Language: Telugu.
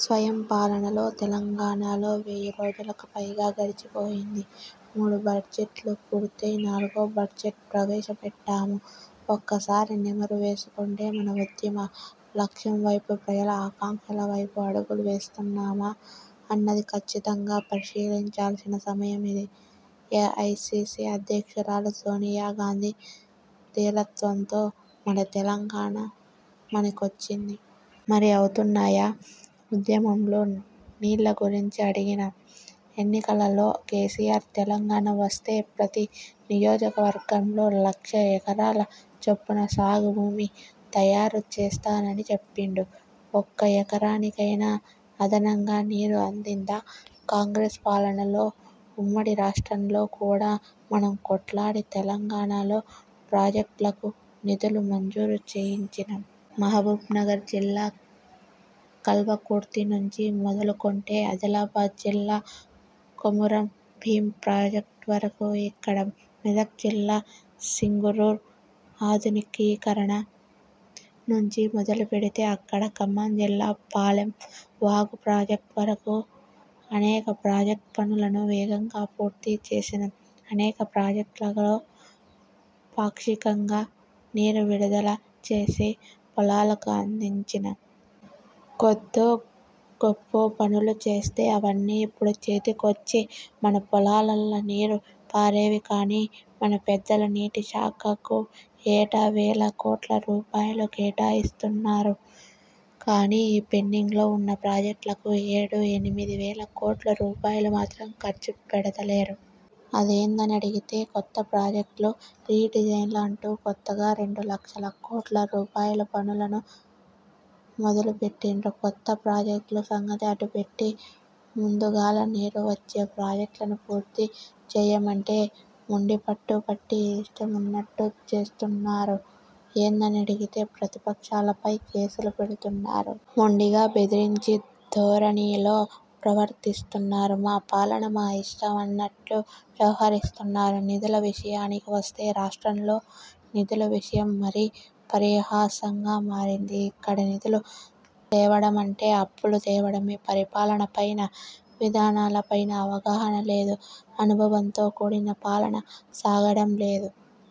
స్వయం పాలనలో తెలంగాణలో వెయ్యి రోజులకు పైగా గడిచిపోయింది. మూడు బడ్జెట్లు పూర్తయి నాలుగో బడ్జెట్ను ప్రవేశపెట్టాము. ఒక్కసారి నెమరు వేసుకుంటే మన ఉద్యమ లక్ష్యం వైపు, ప్రజల ఆకాంక్షలవైపు అడుగులు వేస్తున్నామా? అన్నది ఖచ్చితంగా పరిశీలించాల్సిన సమయమిది. ఏఐసీసీ అధ్యక్షురాలు సోనియాగాంధీ ధీరత్వంతో మన తెలంగాణ మనకొచ్చింది. మరి అవుతున్నాయా? ఉద్యమంలో నీళ్ల గురించి అడిగినం, ఎన్నికలలో కేసీఆర్ తెలంగాణ వస్తే ప్రతి నియోజకవర్గంలో లక్ష ఎకరాల చొప్పున సాగు భూమి తయారుచేస్తనని చెప్పిండు. ఒక్క ఎకరానికైనా అదనంగా నీరు అందిందా? కాంగ్రెస్ పాలనలో ఉమ్మడి రాష్ట్రంలో కూడా మనం కొట్లాడి తెలంగాణలో ప్రాజెక్టులకు నిధులు మంజూరు చేయించినం. మహబూబ్నగర్ జిల్లా కల్వకుర్తి నుంచి మొదలుకొంటే ఆదిలాబాద్ జిల్లా కొమురం భీమ్ ప్రాజెక్టు వరకు ఇక్కడ మెదక్ జిల్లా సింగూరు ఆధునికీకరణ నుంచి మొదలుపెడితే అక్కడ ఖమ్మం జిల్లా పాలెం వాగు ప్రాజెక్టు వరకు అనేక ప్రాజెక్టు పనులను వేగంగా పూర్తి చేసినం. అనేక ప్రాజెక్టులలో పాక్షికంగా నీరు విడుదల చేసి పొలాలకు అందించినం. కొద్దో గొప్పో పనులు చేస్తే అవన్నీ ఇప్పుడు చేతికొచ్చి మన పొలాలల్ల నీరు పారేవి. కానీ మన పెద్దలు నీటి శాఖకు ఏటా వేల కోట్ల రూపాయలు కేటాయిస్తన్నరు కానీ ఈ పెండింగ్లో ఉన్న ప్రాజెక్టులకు ఏడు, ఎనిమిది వేల కోట్ల రూపాయలు మాత్రం ఖర్చు పెడుత లేరు. అదేందని అడిగితే కొత్త ప్రాజెక్టులు, రీ డిజైన్లు అంటూ కొత్తగా రెండు లక్షల కోట్ల రూపాయలు పనులను మొదలు పెట్టిండ్రు. కొత్త ప్రాజెక్టుల సంగతి అటు పెట్టి ముందుగాల నీరు వచ్చే ప్రాజెక్టులను పూర్తి చేయమంటే మొండి పట్టు పట్టి ఇష్టమున్నట్టు చేస్తున్నరు. ఏందని అడిగితే ప్రతిపక్షాలపై కేసులు పెడుతున్నరు. మొండిగా బెదిరించే ధోరణిలో ప్రవర్తిస్తున్నరు. మా పాలన, మా ఇష్టం అన్నట్టు వ్యవహరిస్తున్నారు. నిధుల విషయానికి వస్తే రాష్ట్రంలో నిధుల విషయం మరీ పరిహాసంగా మారింది. ఇక్కడ నిధులు తేవడమంటే అప్పులు తేవడమే. పరిపాలనపైన, విధానాలపైన అవగాహన లేదు, అనుభవంతో కూడిన పాలన సాగడం లేదు.